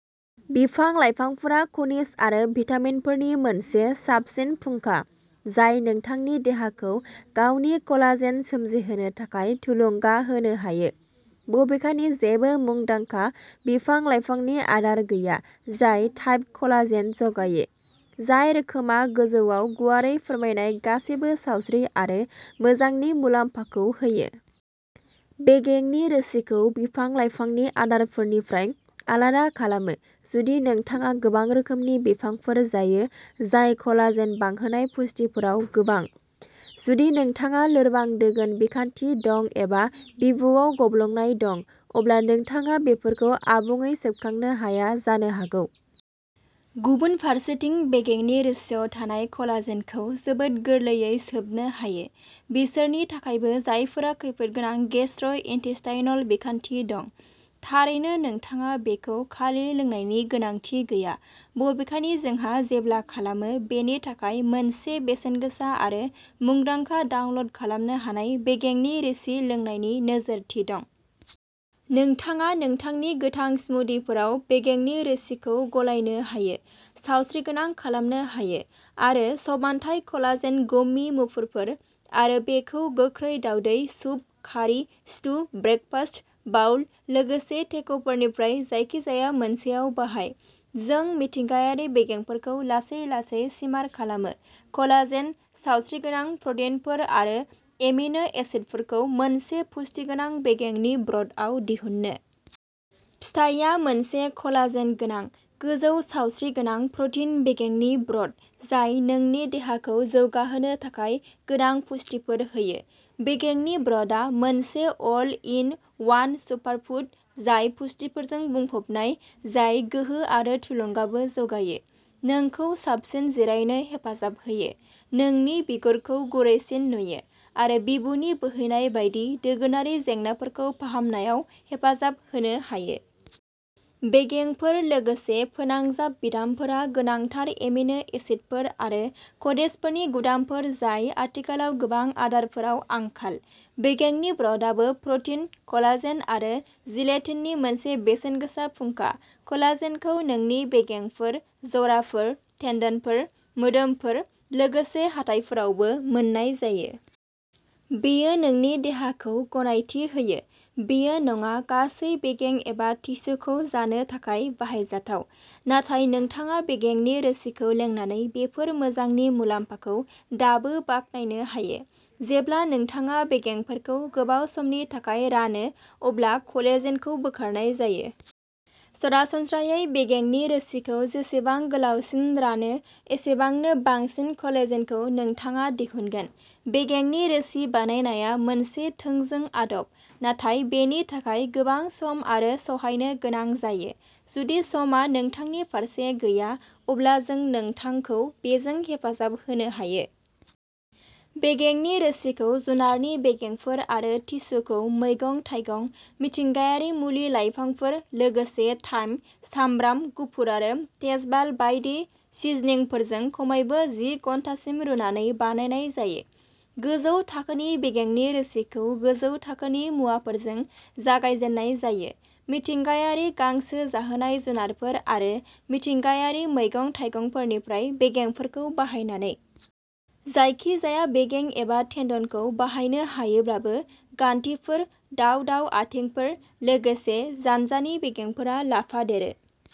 बिफां-लाइफांफोरा खनिज आरो भिटामिनफोरनि मोनसे साबसिन फुंखा जाय नोंथांनि देहाखौ गावनि कलाजेन सोमजिहोनो थाखाय थुलुंगा होनो हायो, बबेखानि जेबो मुंदांखा बिफां-लाइफांनि आदार गैया जाय टाइप कलाजेन जगायो, जाय रोखोमआ गोजौ आव गुवारै फोरमायनाय गासैबो सावस्रि आरो मोजांनि मुलाम्फाखौ होयो। बेगेंनि रोसिखौ बिफां-लाइफांनि आदारफोरनिफ्राय आलादा खालामो जुदि नोंथाङा गोबां रोखोमनि बिफांफोर जायो जाय कलाजेन बांहोनाय पुष्टिफोराव गोबां, जुदि नोंथांहा लोरबां दोगोन बिखान्थि दं एबा बिबुआव गब्लंनाय दं, अब्ला नोंथाङा बेफोरखौ आबुङै सोबखांनो हाया जानो हागौ। गुबुन फारसेथिं बेगेंनि रोसिआव थानाय कलाजेनखौ जोबोद गोरलैयै सोबनो हायो, बिसोरनि थाखायबो जायफोरा खैफोदगोनां गेस्ट्र' इन्टेस्टाइनल बिखान्थि दं। थारैनो नोंथाङा बेखौ खालि लोंनायनि गोनांथि गैया बबेखानि जोंहा जेब्ला खालामो बेनि थाखाय मोनसे बेसेनगोसा आरो मुंदांखा डाउनल'ड खालामनो हानाय बेगेंनि रोसि लोंनायनि नोजोरथि दं। नोंथाङा नोंथांनि गोथां स्मूदिफोराव बेगेंनि रोसिखौ गलायनो हायो, सावस्रिगोनां खालामनो हायो। आरो समानथाय कलाजेन गम्मी मुफुरफोर, आरो बेखौ गोख्रै दावदै, soup, curry, stew, breakfast bowl, लोगोसे टेक'फोरनिफ्राय जायखिजाया मोनसेआव बाहाय। जों मिथिंगायारि बेगेंफोरखौ लासै-लासै सिमार खालामो कलाजेन, सावस्रिगोनां प्र'टिनफोर, आरो एमिनो एसिडफोरखौ मोनसे पुष्टि गोनां बेगेंनि ब्र'थआव दिहुननो। फिथायआ मोनसे कलाजेन गोनां, गोजौ सावस्रिगोनां प्र'टिन बेगेंनि ब्र'थ जाय नोंनि देहाखौ जौगा होनो थाखाय गोनां पुष्टिफोर होयो। बेगेंनि ब्र'थआ मोनसे अल इन वान सुपारफुड, जाय पुष्टिफोरजों बुंफबनाय जाय गोहो आरो थुलुंगाबो जगायो, नोंखौ साबसिन जिरायनो हेफाजाब होयो, नोंनि बिगुरखौ गुरैसिन नुयो, आरो बिबुनि बोहैनाय बायदि दोगोनारि जेंनाफोरखौ फाहामनायाव हेफाजाब होनो हायो। बेगेंफोर लोगोसे फोनांजाब बिदामफोरा गोनांथार एमिनो एसिडफोर आरो खनिजफोरनि गुदामफोर जाय आथिखालाव गोबां आदारफोराव आंखाल। बेगेंनि ब्र'थाबो प्र'टिन, कलाजेन आरो जिलेटिननि मोनसे बेसेनगोसा फुंखा। कलाजेनखौ नोंनि बेगेंफोर, जराफोर, टेन्डनफोर, मोदोमफोर, लोगोसे हाथाइफोरावबो मोन्नाय जायो। बेयो नोंनि देहाखौ गनायथि होयो। बेयो नङा गासै बेगें एबा टिस्युखौ जानो थाखाय बाहायजाथाव, नाथाय नोंथाङा बेगेंनि रोसिखौ लोंनानै बेफोर मोजांनि मुलाम्फाखौ दाबो बाखनायनो हायो। जेब्ला नोंथाङा बेगेंफोरखौ गोबाव समनि थाखाय रानो, अब्ला कलेजेनखौ बोखारनाय जायो। सरासनस्रायै, बेगेंनि रोसिखौ जेसेबां गोलावसिन रानो, एसेबांनो बांसिन कलेजेनखौ नोंथाङा दिहुनगोन। बेगेंनि रोसि बानायनाया मोनसे थोंजों आदब, नाथाय बेनि थाखाय गोबां सम आरो सहायनो गोनां जायो। जुदि समआ नोंथांनि फारसे गैया, अब्ला जों नोंथांखौ बेजों हेफाजाब होनो हायो। बेगेंनि रोसिखौ जुनारनि बेगेंफोर आरो टिस्युखौ मैगं-थाइगं, मिथिंगायारि मुलि-लाइफांफोर, लोगोसे थाइम, सामब्राम गुफुर आरो तेजपात बायदि सिजनिंफोरजों खमैबो जि घन्टासिम रुनानै बानायनाय जायो। गोजौ थाखोनि बेगेंनि रोसिखौ गोजौ थाखोनि मुवाफोरजों जागाय जेननाय जायो, मिथिंगायारि गांसो जाहोनाय जुनारफोर आरो मिथिंगायारि मैगं-थाइगंफोरनिफ्राय बेगेंफोरखौ बाहायनानै। जायखिजाया बेगें एबा टेन्डनखौ बाहायनो हायोब्लाबो, गान्थिफोर, दाव-दाव आथिंफोर, लोगोसे जान्जानि बेगेंफोरा लाफादेरो।